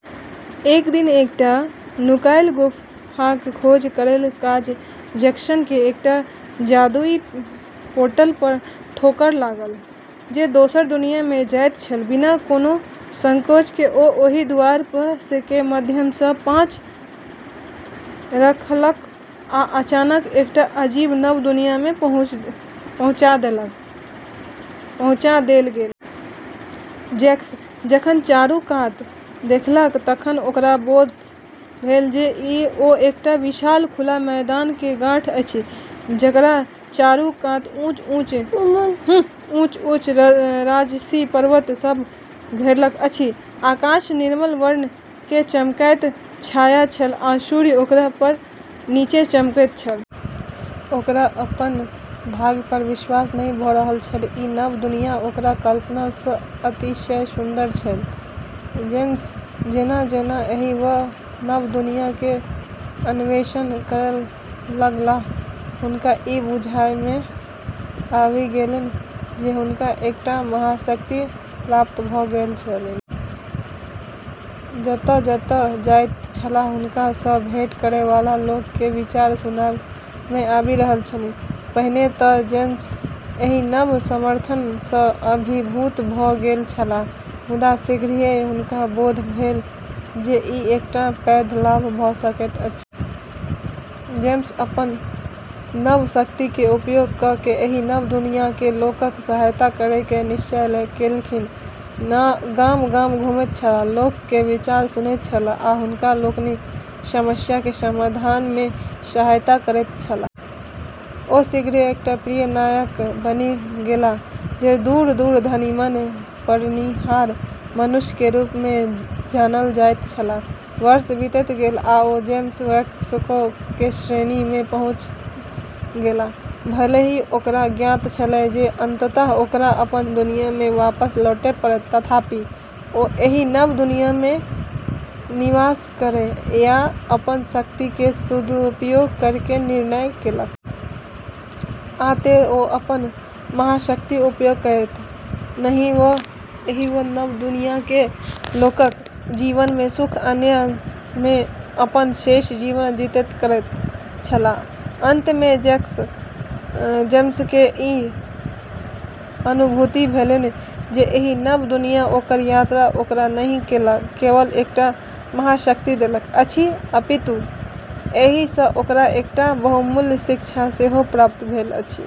एक दिन एकटा नुकायल गुफाक खोज करय काल जेम्सकेँ एकटा जादुई पोर्टल पर ठोकर लागल, जे दोसर दुनिया में जाइत छल। बिना कोनो संकोच के ओ ओहि दुआर के माध्यम सँ पाँव रखलक आ अचानक एकटा अजीब नव दुनिया में पहुँचा देल गेल। जेम्स जखन चारू कात देखलक, तखन ओकरा बोध भेल जे ओ एकटा विशाल, खुला मैदान में ठाढ़ अछि, जकरा चारू कात ऊँच-ऊँच, राजसी पर्वत सभ सँ घेरल अछि। आकाश नील वर्ण के चमकैत छाया छल आ सूर्य ओकरा पर नीचे चमकैत छल। ओकरा अपन भाग्य पर विश्वास नहि भऽ रहल छल, ई नव दुनिया ओकरा कल्पना सँ अतिशय सुन्दर छल। जेम्स जेना-जेना एहि नव दुनिया के अन्वेषण करय लगलाह, हुनका ई बुझबामे आबि गेलनि जे हुनका एकटा महाशक्ति प्राप्त भऽ गेल छनि। जतय-जतय जाइत छलाह, हुनका सँ भेंट करै वला लोक के विचार सुनबा मे आबि रहल छलनि। पहिने तँ जेम्स एहि नव सामर्थ्य सँ अभिभूत भऽ गेल छलाह, मुदा शीघ्रिये हुनका बोध भेल जे ई एकटा पैघ लाभ भऽ सकैत अछि। जेम्स अपन नव शक्ति के उपयोग कऽ के एहि नव दुनियाके लोकक सहायता करयके निश्चय केलनि। गाम-गाम घुमैत छलाह, लोक के विचार सुनैत छलाह आ हुनका लोकनिक समस्या के समाधान में सहायता करैत छलाह। ओ शीघ्रिये एकटा प्रिय नायक बनि गेलाह, जे दूर-दूर धरि मन पड़निहार मनुष्य के रूप में जानल जाइत छलाह। वर्ष बीतैत गेल, आ जेम्स वयस्कों के श्रेणी में पहुँच गेलाह। भले ही ओकरा ज्ञात छेलै जे अंततः ओकरा अपन दुनिया में वापस लौटै पड़त, तथापि ओ एहि नव दुनिया मे निवास करय आ अपन शक्ति के सदुपयोग करयके निर्णय केलक। आ तें, ओ अपन महाशक्तिक उपयोग करैत एहि नव दुनियाके लोकक जीवन मे सुख आनय मे अपन शेष जीवन व्यतीत करैत रहलाह। अंत मे जेम्स के ई अनुभूति भेलनि जे एहि नव दुनियाक ओकर यात्रा ओकरा नहि केवल एकटा महाशक्ति देलक अछि, अपितु एहि सँ ओकरा एकटा बहुमूल्य शिक्षा सेहो प्राप्त भेल अछि।